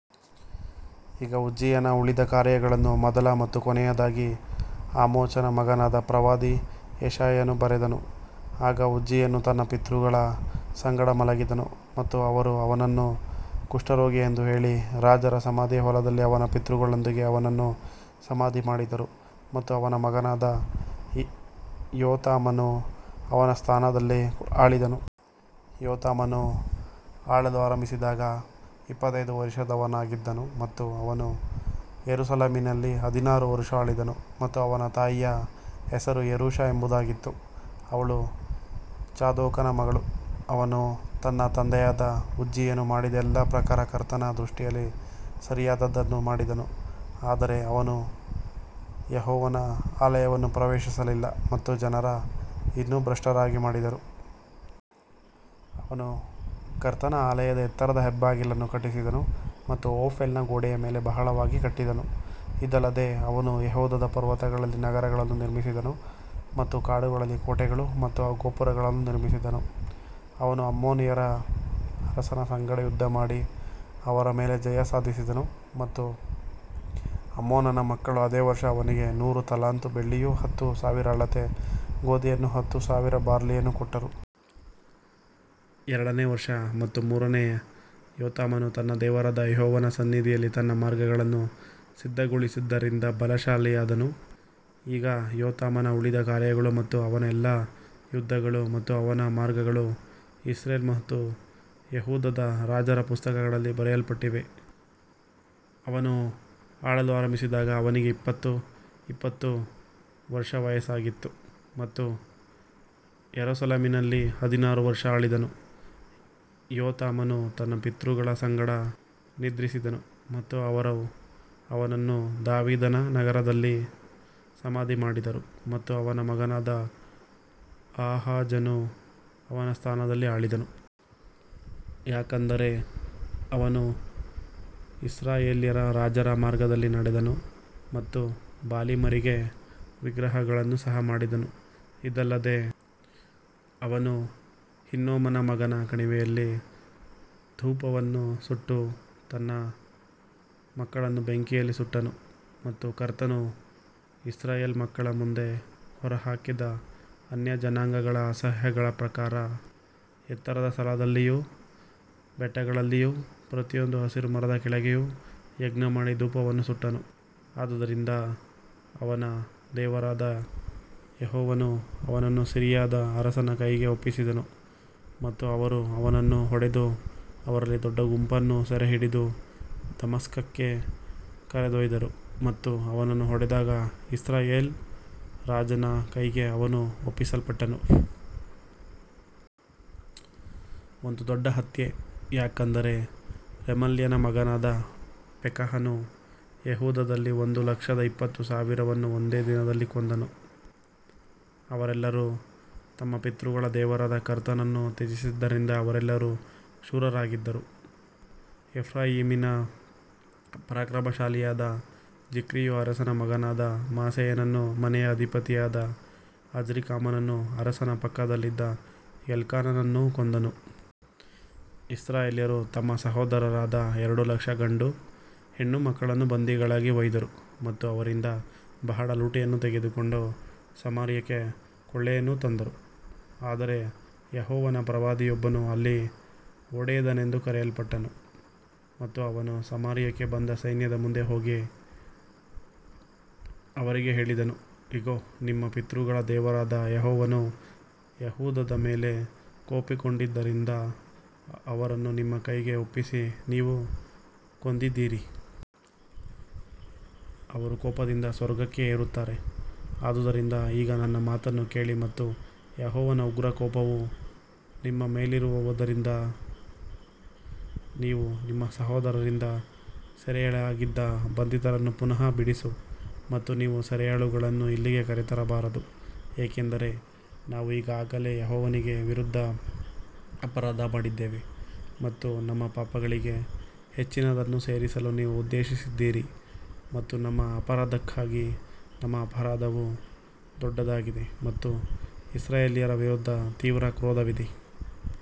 ಈಗ ಉಜ್ಜೀಯನ ಉಳಿದ ಕಾರ್ಯಗಳನ್ನು ಮೊದಲ ಮತ್ತು ಕೊನೆಯದಾಗಿ ಆಮೋಚನ ಮಗನಾದ ಪ್ರವಾದಿ ಯೆಶಾಯನು ಬರೆದನು. ಆಗ ಉಜ್ಜೀಯನು ತನ್ನ ಪಿತೃಗಳ ಸಂಗಡ ಮಲಗಿದನು ಮತ್ತು ಅವರು ಅವನನ್ನು ಕುಷ್ಠರೋಗಿ ಎಂದು ಹೇಳಿ ರಾಜರ ಸಮಾಧಿಯ ಹೊಲದಲ್ಲಿ ಅವನ ಪಿತೃಗಳೊಂದಿಗೆ ಅವನನ್ನು ಸಮಾಧಿ ಮಾಡಿದರು ಮತ್ತು ಅವನ ಮಗನಾದ ಯೋತಾಮನು ಅವನ ಸ್ಥಾನದಲ್ಲಿ ಆಳಿದನು. ಯೋತಾಮನು ಆಳಲು ಆರಂಭಿಸಿದಾಗ ಇಪ್ಪತ್ತೈದು ವರುಷದವನಾಗಿದ್ದನು ಮತ್ತು ಅವನು ಯೆರೂಸಲೇಮಿನಲ್ಲಿ ಹದಿನಾರು ವರುಷ ಆಳಿದನು ಮತ್ತು ಅವನ ತಾಯಿಯ ಹೆಸರು ಯೆರೂಷಾ ಎಂಬುದಾಗಿತ್ತು, ಅವಳು ಚಾದೋಕನ ಮಗಳು ಅವನು ತನ್ನ ತಂದೆಯಾದ ಉಜ್ಜೀಯನು ಮಾಡಿದ ಎಲ್ಲಾ ಪ್ರಕಾರ ಕರ್ತನ ದೃಷ್ಟಿಯಲ್ಲಿ ಸರಿಯಾದದ್ದನ್ನು ಮಾಡಿದನು ಆದರೆ ಅವನು ಯೆಹೋವನ ಆಲಯವನ್ನು ಪ್ರವೇಶಿಸಲಿಲ್ಲ ಮತ್ತು ಜನರು ಇನ್ನೂ ಭ್ರಷ್ಟರಾಗಿ ಮಾಡಿದರು. ಅವನು ಕರ್ತನ ಆಲಯದ ಎತ್ತರದ ಹೆಬ್ಬಾಗಿಲನ್ನು ಕಟ್ಟಿಸಿದನು ಮತ್ತು ಓಫೆಲ್ನ ಗೋಡೆಯ ಮೇಲೆ ಬಹಳವಾಗಿ ಕಟ್ಟಿದನು ಇದಲ್ಲದೆ ಅವನು ಯೆಹೂದದ ಪರ್ವತಗಳಲ್ಲಿ ನಗರಗಳನ್ನು ನಿರ್ಮಿಸಿದನು ಮತ್ತು ಕಾಡುಗಳಲ್ಲಿ ಕೋಟೆಗಳು ಮತ್ತು ಗೋಪುರಗಳನ್ನು ನಿರ್ಮಿಸಿದನು ಅವನು ಅಮ್ಮೋನಿಯರ ಅರಸನ ಸಂಗಡ ಯುದ್ಧಮಾಡಿ ಅವರ ಮೇಲೆ ಜಯ ಸಾಧಿಸಿದನು ಮತ್ತು ಅಮ್ಮೋನನ ಮಕ್ಕಳು ಅದೇ ವರ್ಷ ಅವನಿಗೆ ನೂರು ತಲಾಂತು ಬೆಳ್ಳಿಯನ್ನೂ ಹತ್ತು ಸಾವಿರ ಅಳತೆ ಗೋಧಿಯನ್ನೂ ಹತ್ತು ಸಾವಿರ ಬಾರ್ಲಿಯನ್ನೂ ಕೊಟ್ಟರು. ಎರಡನೇ ವರ್ಷ ಮತ್ತು ಮೂರನೇ ಯೋತಾಮನು ತನ್ನ ದೇವರಾದ ಯೆಹೋವನ ಸನ್ನಿಧಿಯಲ್ಲಿ ತನ್ನ ಮಾರ್ಗಗಳನ್ನು ಸಿದ್ಧಗೊಳಿಸಿದ್ದರಿಂದ ಬಲಶಾಲಿಯಾದನು ಈಗ ಯೋತಾಮನ ಉಳಿದ ಕಾರ್ಯಗಳು ಮತ್ತು ಅವನ ಎಲ್ಲಾ ಯುದ್ಧಗಳು ಮತ್ತು ಅವನ ಮಾರ್ಗಗಳು ಇಸ್ರೇಲ್ ಮತ್ತು ಯೆಹೂದದ ರಾಜರ ಪುಸ್ತಕದಲ್ಲಿ ಬರೆಯಲ್ಪಟ್ಟಿವೆ. ಅವನು ಆಳಲು ಆರಂಭಿಸಿದಾಗ ಅವನಿಗೆ ಇಪ್ಪತ್ತು ಇಪ್ಪತ್ತು ವರ್ಷ ವಯಸ್ಸಾಗಿತ್ತು ಮತ್ತು ಯೆರೂಸಲೇಮಿನಲ್ಲಿ ಹದಿನಾರು ವರ್ಷ ಆಳಿದನು ಯೋತಾಮನು ತನ್ನ ಪಿತೃಗಳ ಸಂಗಡ ನಿದ್ರಿಸಿದನು ಮತ್ತು ಅವರು ಅವನನ್ನು ದಾವೀದನ ನಗರದಲ್ಲಿ ಸಮಾಧಿ ಮಾಡಿದರು ಮತ್ತು ಅವನ ಮಗನಾದ ಆಹಾಜನು ಅವನ ಸ್ಥಾನದಲ್ಲಿ ಆಳಿದನು. ಯಾಕಂದರೆ ಅವನು ಇಸ್ರಾಯೇಲ್ಯರ ರಾಜರ ಮಾರ್ಗದಲ್ಲಿ ನಡೆದನು ಮತ್ತು ಬಾಲೀಮರಿಗೆ ವಿಗ್ರಹಗಳನ್ನು ಸಹ ಮಾಡಿದನು ಇದಲ್ಲದೆ ಅವನು ಹಿನ್ನೋಮನ ಮಗನ ಕಣಿವೆಯಲ್ಲಿ ಧೂಪವನ್ನು ಸುಟ್ಟು ತನ್ನ ಮಕ್ಕಳನ್ನು ಬೆಂಕಿಯಲ್ಲಿ ಸುಟ್ಟನು ಮತ್ತು ಕರ್ತನು ಇಸ್ರಾಯೇಲ್ ಮಕ್ಕಳ ಮುಂದೆ ಹೊರಹಾಕಿದ ಅನ್ಯಜನಾಂಗಗಳ ಅಸಹ್ಯಗಳ ಪ್ರಕಾರ. ಎತ್ತರದ ಸ್ಥಳಗಳಲ್ಲಿಯೂ ಬೆಟ್ಟಗಳಲ್ಲಿಯೂ ಪ್ರತಿಯೊಂದು ಹಸಿರು ಮರದ ಕೆಳಗೆಯೂ ಯಜ್ಞಮಾಡಿ ಧೂಪವನ್ನು ಸುಟ್ಟನು ಆದದರಿಂದ ಅವನ ದೇವರಾದ ಯೆಹೋವನು ಅವನನ್ನು ಸಿರಿಯಾದ ಅರಸನ ಕೈಗೆ ಒಪ್ಪಿಸಿದನು ಮತ್ತು ಅವರು ಅವನನ್ನು ಹೊಡೆದು ಅವರಲ್ಲಿ ದೊಡ್ಡ ಗುಂಪನ್ನು ಸೆರೆಹಿಡಿದು ದಮಸ್ಕಕ್ಕೆ ಕರೆದೊಯ್ದರು ಮತ್ತು ಅವನನ್ನು ಹೊಡೆದ ಇಸ್ರಾಯೇಲ್ ರಾಜನ ಕೈಗೆ ಅವನು ಒಪ್ಪಿಸಲ್ಪಟ್ಟನು. ಒಂದು ದೊಡ್ಡ ಹತ್ಯೆ ಯಾಕಂದರೆ ರೆಮಲ್ಯನ ಮಗನಾದ ಪೆಕಹನು ಯೆಹೂದದಲ್ಲಿ ಒಂದು ಲಕ್ಷದ ಇಪ್ಪತ್ತು ಸಾವಿರವನ್ನು ಒಂದೇ ದಿನದಲ್ಲಿ ಕೊಂದನು, ಅವರೆಲ್ಲರು ತಮ್ಮ ಪಿತೃಗಳ ದೇವರಾದ ಕರ್ತನನ್ನು ತ್ಯಜಿಸಿದ್ದರಿಂದ ಅವರೆಲ್ಲರೂ ಶೂರರಾಗಿದ್ದರು. ಎಫ್ರಾಯೀಮಿನ ಪರಾಕ್ರಮಶಾಲಿಯಾದ ಜಿಕ್ರಿಯು ಅರಸನ ಮಗನಾದ ಮಾಸೇಯನನ್ನೂ ಮನೆಯ ಅಧಿಪತಿಯಾದ ಅಜ್ರಿಕಾಮನನ್ನೂ ಅರಸನ ಪಕ್ಕದಲ್ಲಿದ್ದ ಎಲ್ಕಾನನನ್ನೂ ಕೊಂದನು. ಇಸ್ರಾಯೇಲ್ಯರು ತಮ್ಮ ಸಹೋದರರಾದ ಎರಡು ಲಕ್ಷ ಗಂಡು ಹೆಣ್ಣು ಮಕ್ಕಳನ್ನು ಬಂಧಿಗಳಾಗಿ ಒಯ್ದರು ಮತ್ತು ಅವರಿಂದ ಬಹಳ ಲೂಟಿಯನ್ನು ತೆಗೆದುಕೊಂಡು ಸಮಾರ್ಯಕ್ಕೆ ಕೊಳ್ಳೆಯನ್ನು ತಂದರು. ಆದರೆ ಯೆಹೋವನ ಪ್ರವಾದಿಯೊಬ್ಬನು ಅಲ್ಲಿ ಓಡೇದನೆಂದು ಕರೆಯಲ್ಪಟ್ಟನು ಮತ್ತು ಅವನು ಸಮಾರ್ಯಕ್ಕೆ ಬಂದ ಸೈನ್ಯದ ಮುಂದೆ ಹೋಗಿ ಅವರಿಗೆ ಹೇಳಿದನು, ಇಗೋ, ನಿಮ್ಮ ಪಿತೃಗಳ ದೇವರಾದ ಯೆಹೋವನು ಯೆಹೂದದ ಮೇಲೆ ಕೋಪಗೊಂಡಿದ್ದರಿಂದ ಅವರನ್ನು ನಿಮ್ಮ ಕೈಗೆ ಒಪ್ಪಿಸಿ ನೀವು ಕೊಂದಿದ್ದೀರಿ. ಅವರು ಕೋಪದಿಂದ ಸ್ವರ್ಗಕ್ಕೆ ಏರುತ್ತಾರೆ ಆದುದರಿಂದ ಈಗ ನನ್ನ ಮಾತನ್ನು ಕೇಳಿ ಮತ್ತು ಯೆಹೋವನ ಉಗ್ರ ಕೋಪವು ನಿಮ್ಮ ಮೇಲಿರುವದರಿಂದ ನೀವು ನಿಮ್ಮ ಸಹೋದರರಿಂದ ಸೆರೆಯಾಳಾಗಿದ್ದ ಬಂಧಿತರನ್ನು ಪುನಃ ಬಿಡಿಸು. ಮತ್ತು ನೀವು ಸೆರೆಯಾಳುಗಳನ್ನು ಇಲ್ಲಿಗೆ ಕರೆತರಬಾರದು, ಏಕೆಂದರೆ ನಾವು ಈಗಾಗಲೇ ಯೆಹೋವನಿಗೆ ವಿರುದ್ಧವಾಗಿ ಅಪರಾಧ ಮಾಡಿದ್ದೇವೆ ಮತ್ತು ನಮ್ಮ ಪಾಪಗಳಿಗೆ ಹೆಚ್ಚಿನದನ್ನು ಸೇರಿಸಲು ನೀವು ಉದ್ದೇಶಿಸಿದ್ದೀರಿ ಮತ್ತು ನಮ್ಮ ಅಪರಾಧಕ್ಕಾಗಿ ನಮ್ಮ ಅಪರಾಧವು ದೊಡ್ಡದಾಗಿದೆ ಮತ್ತು ಇಸ್ರಾಯೇಲ್ಯರ ವಿರುದ್ಧ ತೀವ್ರ ಕ್ರೋಧವಿದೆ.